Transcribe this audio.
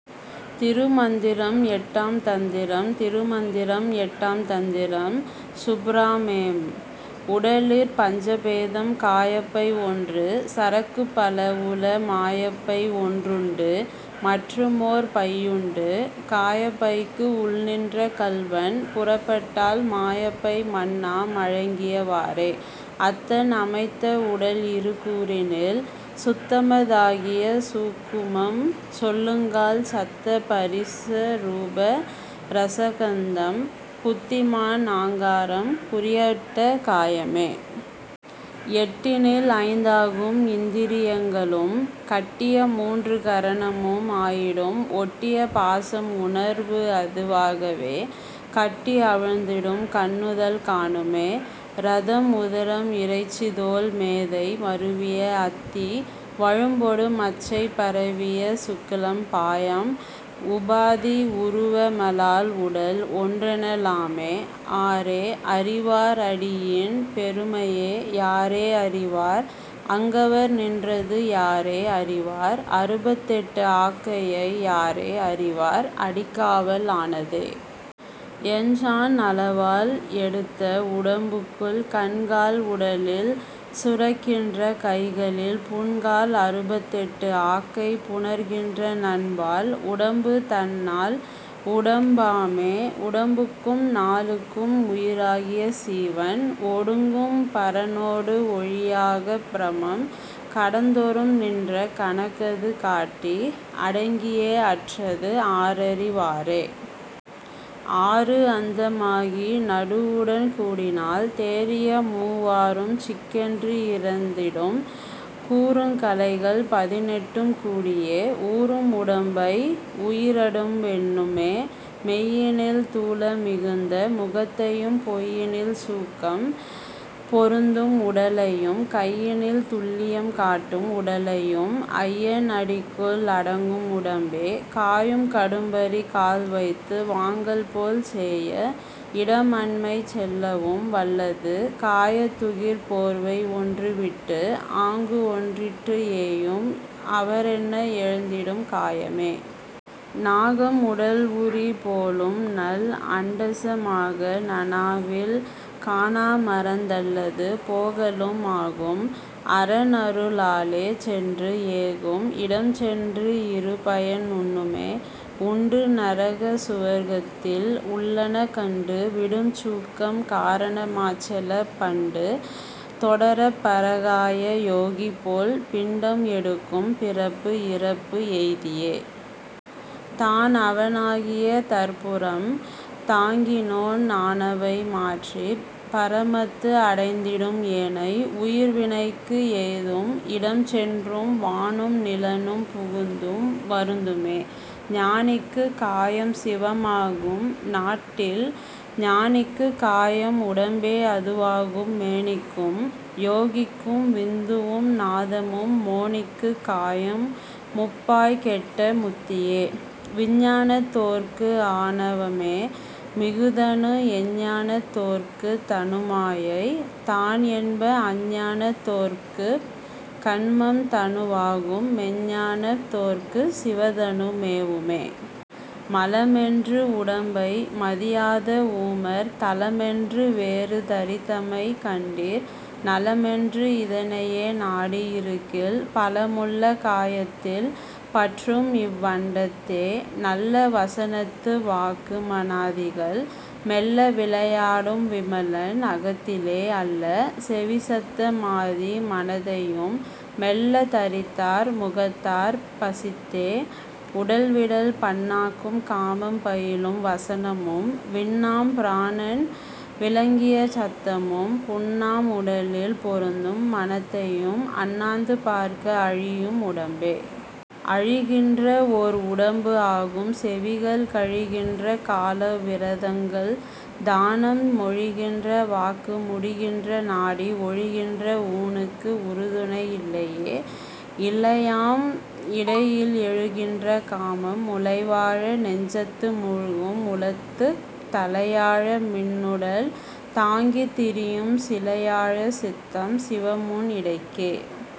திருமந்திரம் எட்டாம் தந்திரம் திருமந்திரம் எட்டாம் தந்திரம் சுப்பிராமேம். உடலிற் பஞ்சபேதம் காயப்பை ஒன்று சரக்குப் பலவுள மாயப்பை ஒன்றுண்டு மற்றுமோர் பையுண்டு காயப்பைக்கு உள்நின்ற கள்வன் புறப்பட்டால் மாயப்பை மண்ணா மயங்கிய வாறே. அத்தன் அமைத்த உடல்இரு கூறினில் சுத்தம தாகிய சூக்குமம் சொல்லுங்கால் சத்த பரிச ரூப ரசகந்தம் புத்திமான் ஆங்காரம் புரியட்ட காயமே. எட்டினில் ஐந்தாகும் இந்திரி யங்களும் கட்டிய மூன்று கரணமும் ஆயிடும் ஒட்டிய பாசம் உணர்வுஅது வாகவே கட்டி அவிழ்ந்திடும் கண்ணுதல் காணுமே. இரதம் உதிரம் இறைச்சிதோல் மேதை மருவிய அத்தி வழும்பொடு மச்சை பரவிய சுக்கிலம் பாழாம் உபாதி உருவ மலால்உடல் ஒன்றென லாமே. ஆரே அறிவார் அடியின் பெருமையை யாரே அறிவார் அங்கவர் நின்றது யாரே அறிவார் அறுபத்தெட்டு ஆக்கையை யாரே அறிவார் அடிக்காவல் ஆனதே. எண்சாண் அளவால் எடுத்த உடம்புக்குள் கண்கால் உடலில் சுரக்கின்ற கைகளில் புண்கால் அறுபத்தெட்டு ஆக்கை புணர்கின்ற நண்பால் உடம்பு தன் னால் உடம் பாமே. உடம்புக்கும் நாலுக்கும் உயிராகிய சீவன் ஒடுங்கும் பரனோடு ஒழியாகப் பிரமம் கடந்தொறும் நின்ற கணக்கது காட்டி அடங்கியே அற்றது ஆரறி வாறே. ஆறுஅந்த மாகி நடுவுடன் கூடினால் தேறிய மூவாறும் சிக்கென்று இருந்திடும் கூறுங் கலைகள் பதினெட்டும் கூடியே ஊறும் உடம்பை உயிருடம்பு எண்ணுமே. மெய்யினில் தூல மிகுந்த முகத்தையும் பொய்யினில் சூக்கம் பொருந்தும் உடலையும் கையினில் துல்லியம் காட்டும் உடலையும் ஐயன் அடிக்குள் அடங்கும் உடம்பே. காயும் கடும்பரி கால்வைத்து வாங்கல் போல் சேய இடம்அண்மை செல்லவும் வல்லது காயத் துகிர் போர்வை ஒன்றுவிட்டு ஆங்குஒன்றிட்டு ஏயும் அவரென்ன ஏய்ந்திடும் காயமே. நாகம் உடல்உரி போலும்நல் அண்டச மாக நனாவில் கானாமறந் தல்லது போகலும் ஆகும் அரன்அரு ளாலே சென்று ஏகும் இடம்சென்று இருபயன் உண்ணுமே. உண்டு நரக சுவர்கத்தில் உள்ளன கண்டு விடும்சூக்கம் காரண மாச்செலப் பண்டு தொடரப் பரகாய யோகிபோல் பிண்டம் எடுக்கும் பிறப்பு இறப்பு எய்தியே. தான்அவ னாகிய தற்பரம் தாங்கினோன் ஆனவை மாற்றிப் பரமத்து அடைந்திடும் ஏனை உயிர்வினைக்கு எய்தும் இடம்சென்றும் வானும் நிலனும் புகுந்தும் வருந்துமே. ஞானிக்குக் காயம் சிவமாகும் நாட்டிடில் ஞானிக்குக் காயம் உடம்பே அதுவாகும் மேனிக்கும் யோகிக்கும் விந்துவும் நாதமும் மோனிக்குக் காயம்முப் பாழ்கெட்ட முத்தியே. விஞ்ஞானத் தோர்க்குஆ ணவமே மிகுதனு எஞ்ஞானத் தோர்க்குத் தனுமாயை தான்என்ப அஞ்ஞானத் தோர்க்குக் கன்மம் தனுவாகும் மெஞ்ஞானத் தோர்க்குச் சிவதனு மேவுமே. மலமென்று உடம்பை மதியாத ஊமர் தலமென்று வேறு தரித்தமை கண்டீர் நலமென்று இதனையே நாடி இருக்கில் பலமுள்ள காயத்தில் பற்றும்இவ் அண்டத்தே. நல்ல வசனத்து வாக்கு மனாதிகள் மெல்ல விளையாடும் விமலன் அகத்திலே அல்ல செவிசத்த மாதி மனத்தையும் மெல்ல தரித்தார் முகத்தார் பசித்தே., உடல்விடல் பண்ணாக்கும் காமம் பயிலும் வசனமும் விண்ணாம் பிராணன் விளங்கிய சத்தமும் புண்ணாம் உடலில் பொருந்தும் மனத்தையும் அண்ணாந்து பார்க்க அழியும் உடம்பே. அழிகின்ற ஓர் உடம்பு ஆகும் செவிகள் கழிகின்ற காலவ் விரதங்கள் தானம் மொழிகின்ற வாக்கு முடிகின்ற நாடி ஒழிகின்ற ஊனுக்கு உறுதுணை இல்லையே. இலையாம் இடையில் எழுகின்ற காமம் முலைவாய நெஞ்சத்து மூழ்கும் உளத்துத் தலையாய மின்னுடல் தாங்கித் திரியும் சிலையாய சித்தம் சிவமுன் இடைக்கே..